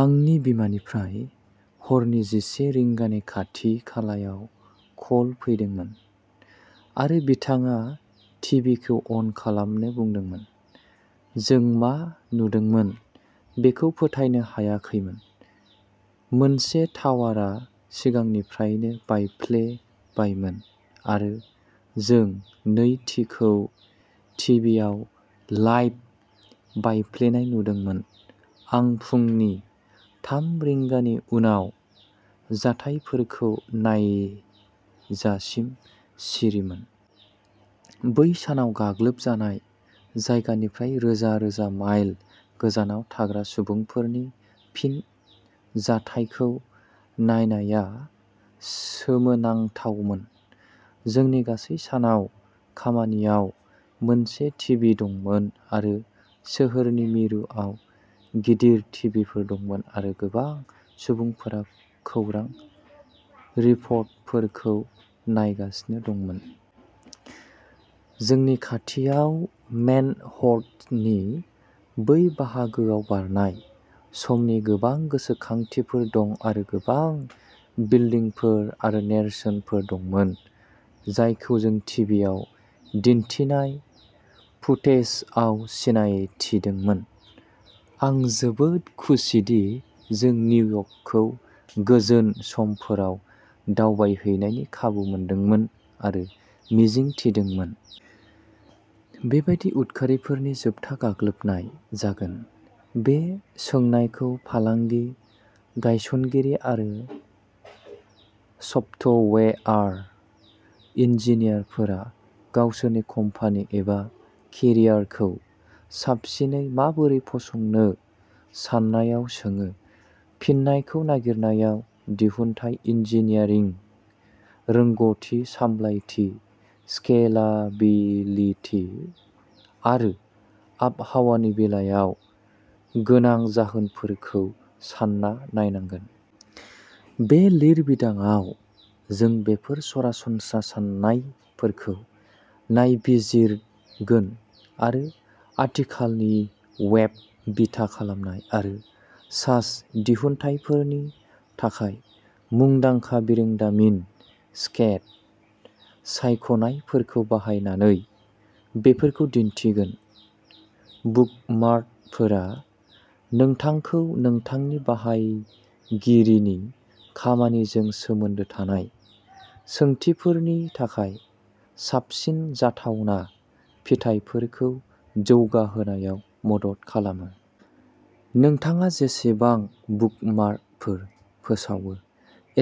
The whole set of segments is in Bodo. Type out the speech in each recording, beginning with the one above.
आंनि बिमानिफ्राय हरनि जिसे रिंगानि खाथि-खालायाव कल फैदोंमोन आरो बिथाङा टिभिखौ अन खालामनो बुंदोंमोन। जों मा नुदोंमोन बेखौ फोथायनो हायाखैमोन। मोनसे टावारा सिगांनिफ्रायनो बायफ्लेबायमोन आरो जों नैथिखौ टिभिआव लाइभ बायफ्लेनाय नुदोंमोन। आं फुंनि थाम रिंगानि उनाव जाथायफोरखौ नायजासिम सिरिमोन। बै सानाव गाग्लोब जानाय जायगानिफ्राय रोजा-रोजा माइल गोजानाव थाग्रा सुबुंफोरनि फिनजाथायखौ नायनाया सोमोनांथावमोन। जोंनि गासै सानाव खामानियाव मोनसे टिभि दंमोन आरो सोहोरनि मिरुआव गिदिर टिभिफोर दंमोन आरो गोबां सुबुंफोरा खौरां रिपर्टफोरखौ नायगासिनो दंमोन। जोंनि खाथियाव मेनहट्टननि बै बाहागोआव बारनाय समनि गोबां गोसोखांथिफोर दं आरो गोबां बिल्डिंफोर आरो नेरसोनफोर दंमोन जायखौ जों टिभिआव दिन्थिनाय फुटेजआव सिनायथिदोंमोन। आं जोबोद खुसिदि जों निउयर्कखौ गोजोन समफोराव दावबायहैनायनि खाबु मोनदोंमोन आरो मिजिं थिदोंमोन। बे बायदि उदखारिफोरनि जोबथा गाग्लोबनाय जागोन। बे सोंनायखौ फालांगि गायसनगिरि आरो सफ्टवेयार इन्जिनियारफोरा गावसोरनि कम्पानि एबा केरियारखौ साबसिनै माबोरै फसंनो साननायाव सोङो। फिननायखौ नागिरनायाव, दिहुनथाय, इन्जिनियारिं रोंग'थि, सामलायथि, स्केलाबिलिटि आरो आबहावानि बेलायाव गोनां जाहोनफोरखौ सानना नायनांगोन। बे लिरबिदांआव, जों बेफोर सरासनस्रा सान्नायफोरखौ नायबिजिरगोन आरो आथिखालनि वेब बिथा खालामनाय आरो सास दिहुनथायफोरनि थाखाय मुंदांखा बिरोंदामिन स्तेक सायख'नायफोरखौ बाहायनानै बेफोरखौ दिन्थिगोन। बुकमार्कफोरा नोंथांखौ नोंथांनि बाहायगिरिनि खामानिजों सोमोन्दो थानाय सोंथिफोरनि थाखाय साबसिन जाथावना फिथायफोरखौ जौगाहोनायाव मदद खालामो। नोंथाङा जेसेबां बुकमार्कफोर फोसावो,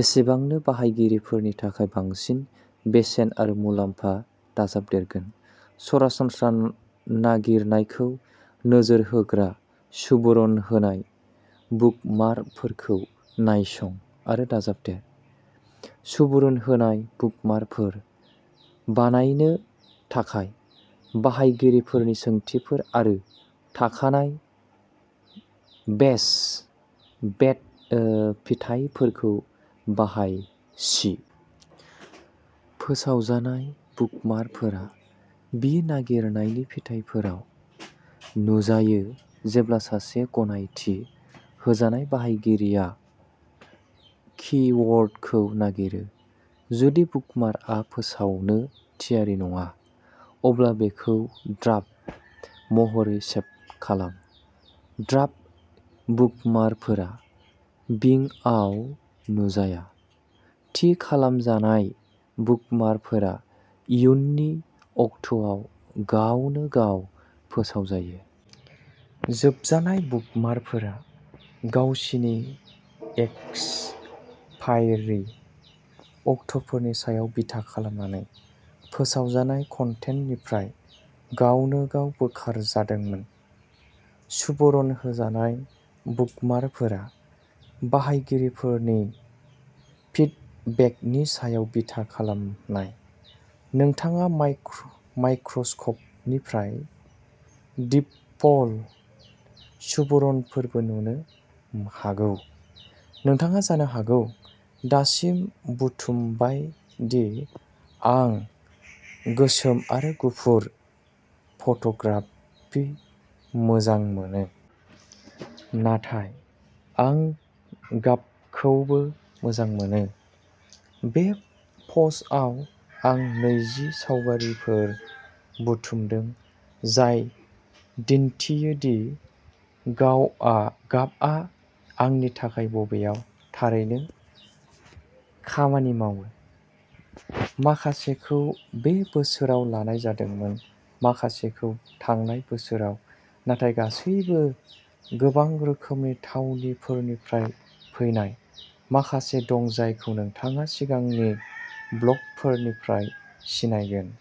एसेबांनो बाहायगिरिफोरनि थाखाय बांसिन बेसेन आरो मुलाम्फा दाजाबदेरगोन। सरासनस्रा नागिरनायखौ नोजोर होग्रा सुबुरुन होनाय बुकमार्कफोरखौ नायसं आरो दाजाबदेर। सुबुरुन होनाय बुकमार्कफोर बानायनो थाखाय बाहायगिरिफोरनि सोंथिफोर आरो थाखानाय बेस्ट बेट ओ फिथायफोरखौ बाहाय। सि फोसावजानाय बुकमार्कफोरा बि नागिरनायनि फिथाइफोराव नुजायो जेब्ला सासे गनायथि होजानाय बाहायगिरिया किवर्डखौ नागिरो। जुदि बुकमार्कआ फोसावनो थियारि नङा, अब्ला बेखौ ड्राफ्ट महरै सेब खालाम। ड्राफ्ट बुकमार्कफोरा बिंआव नुजाया। थि खालामजानाय बुकमार्कफोरा इयुननि अक्ट'आव गावनो गाव फोसावजायो। जोबजानाय बुकमार्कफोरा गावसिनि एक्सपायरि अक्ट'फोरनि सायाव बिथा खालामनानै फोसावजानाय कन्टेन्टनिफ्राय गावनो गाव बोखारजादोंमोन। सुबुरुन होजानाय बुकमार्कफोरा बाहायगिरिफोरनि फिडबेकनि सायाव बिथा खालामनाय। नोंथाङा माइक माइक्र'सफ्टनिफ्राय दिफल्ट सुबुरुनफोरबो नुनो हागौ। नोंथाङा जानो हागौ दासिम बुथुमबाय दि आं गोसोम आरो गुफुर फट'ग्राफि मोजां मोनो। नाथाय आं गाबखौबो मोजां मोनो। बे पस्टआव आं नैजि सावगारिफोर बुथुमदों जाय दिन्थियो दि गाव आ गाबआ आंनि थाखाय बबेयाव थारैनो खामानि मावो। माखासेखौ बे बोसोराव लानाय जादोंमोन, माखासेखौ थांनाय बोसोराव, नाथाय गासैबो गोबां रोखोमनि थावनिफोरनिफ्राय फैनाय। माखासे दं जायखौ नोंथाङा सिगांनि ब्लगफोरनिफ्राय सिनायगोन।